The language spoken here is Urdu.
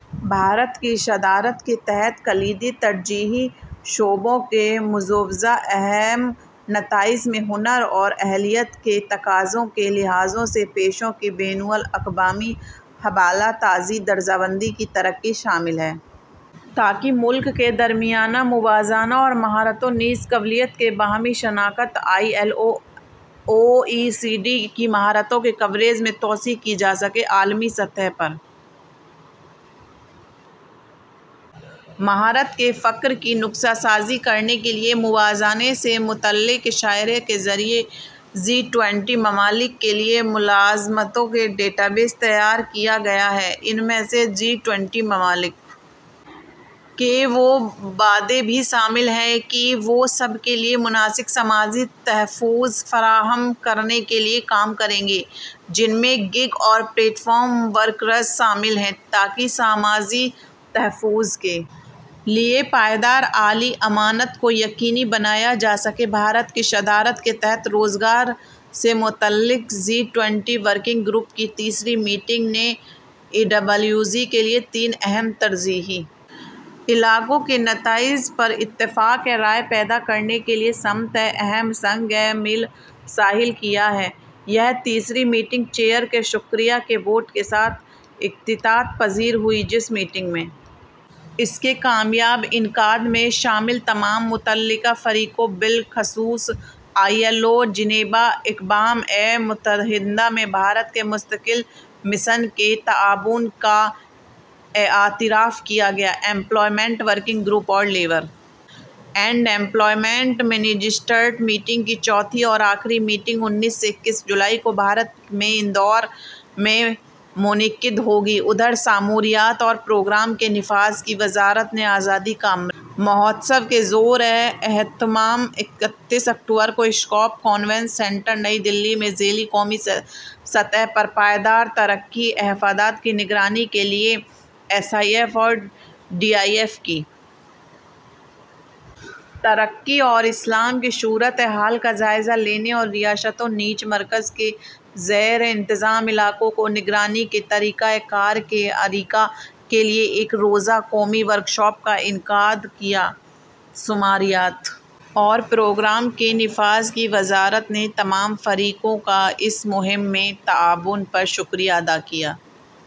بھارت کی صدارت کے تحت کلیدی ترجیحی شعبوں کے مجوزہ اہم نتائج میں ہنر اور اہلیت کے تقاضوں کے لحاظ سے پیشوں کی بین الاقوامی حوالہ جاتی درجہ بندی کی ترقی شامل ہے تاکہ ملک کے درمیان موازنہ اور مہارتوں نیز قابلیت کی باہمی شناخت اور آئی ایل او اور او ای سی ڈی کی مہارتوں کے کوریج میں توسیع کی جا سکے عالمی سطح پر مہارت کے فرق کی نقشہ سازی کرنے کے لیے موازنے سے متعلق اشاریہ کے ذریعے جی ٹوئنٹی ممالک کے لیے ملازمتوں کا ڈیٹا بیس تیار کیا گیا ہے ان میں جی ٹوئنٹی ممالک کے وہ وعدے بھی شامل ہیں کہ وہ سب کے لیے مناسب سماجی تحفظ فراہم کرنے کے لیے کام کریں جن میں گیگ اور پلیٹ فارم ورکرز شامل ہیں تاکہ سماجی تحفظ کے لیے پائیدار مالی اعانت کو یقینی بنایا جا سکے بھارت کی صدارت کے تحت روزگار سے متعلق جی ٹوئنٹی ورکنگ گروپ کی تیسری میٹنگ نے ای ڈبلیو جی کے لیے تین اہم ترجیحی علاقوں کے نتائج پر اتفاق رائے پیدا کرنے کی سمت ایک اہم سنگ میل حاصل کیا ہے یہ تیسری میٹنگ چیئر کے شکریہ کے ووٹ کے ساتھ اختتام پذیر ہوئی جس میٹنگ میں اس کے کامیاب انعقاد میں شامل تمام متعلقہ فریقوں بالخصوص آئی ایل او اور جنیوا اقوام متحدہ میں بھارت کے مستقل مشن کے تعاون کا اعتراف کیا گیا ایمپلائمنٹ ورکنگ گروپ اور labour and employment ministers meeting کی چوتھی اور آخری میٹنگ انیس سے اکیس جولائی کو بھارت میں اندور میں منعقد ہو گی ادھر شماریات اور پروگرام کے نفاذ کی وزارت نے آزادی کا امرت مہوتسو کے زیر اہتمام اکتیس اکتوبر کو اسکوپ کنونشن سینٹر نئی دہلی میں ذیلی قومی سطح پر پائیدار ترقی کے اہداف کی نگرانی کے لیے ایس آئی ایف اور ڈی آئی ایف کی ترقی اور اصلاح کی صورتحال کا جائزہ لینے اور ریاستوں نیز مرکز کے زیر انتظام علاقوں کو نگرانی کے طریقہ کار کے ارتقا کے لیے ایک روزہ قومی ورکشاپ کا انعقاد کیا شماریات اور پروگرام کے نفاذ کی وزارت نے تمام فریقوں کا اس مہم میں تعاون پر شکریہ ادا کیا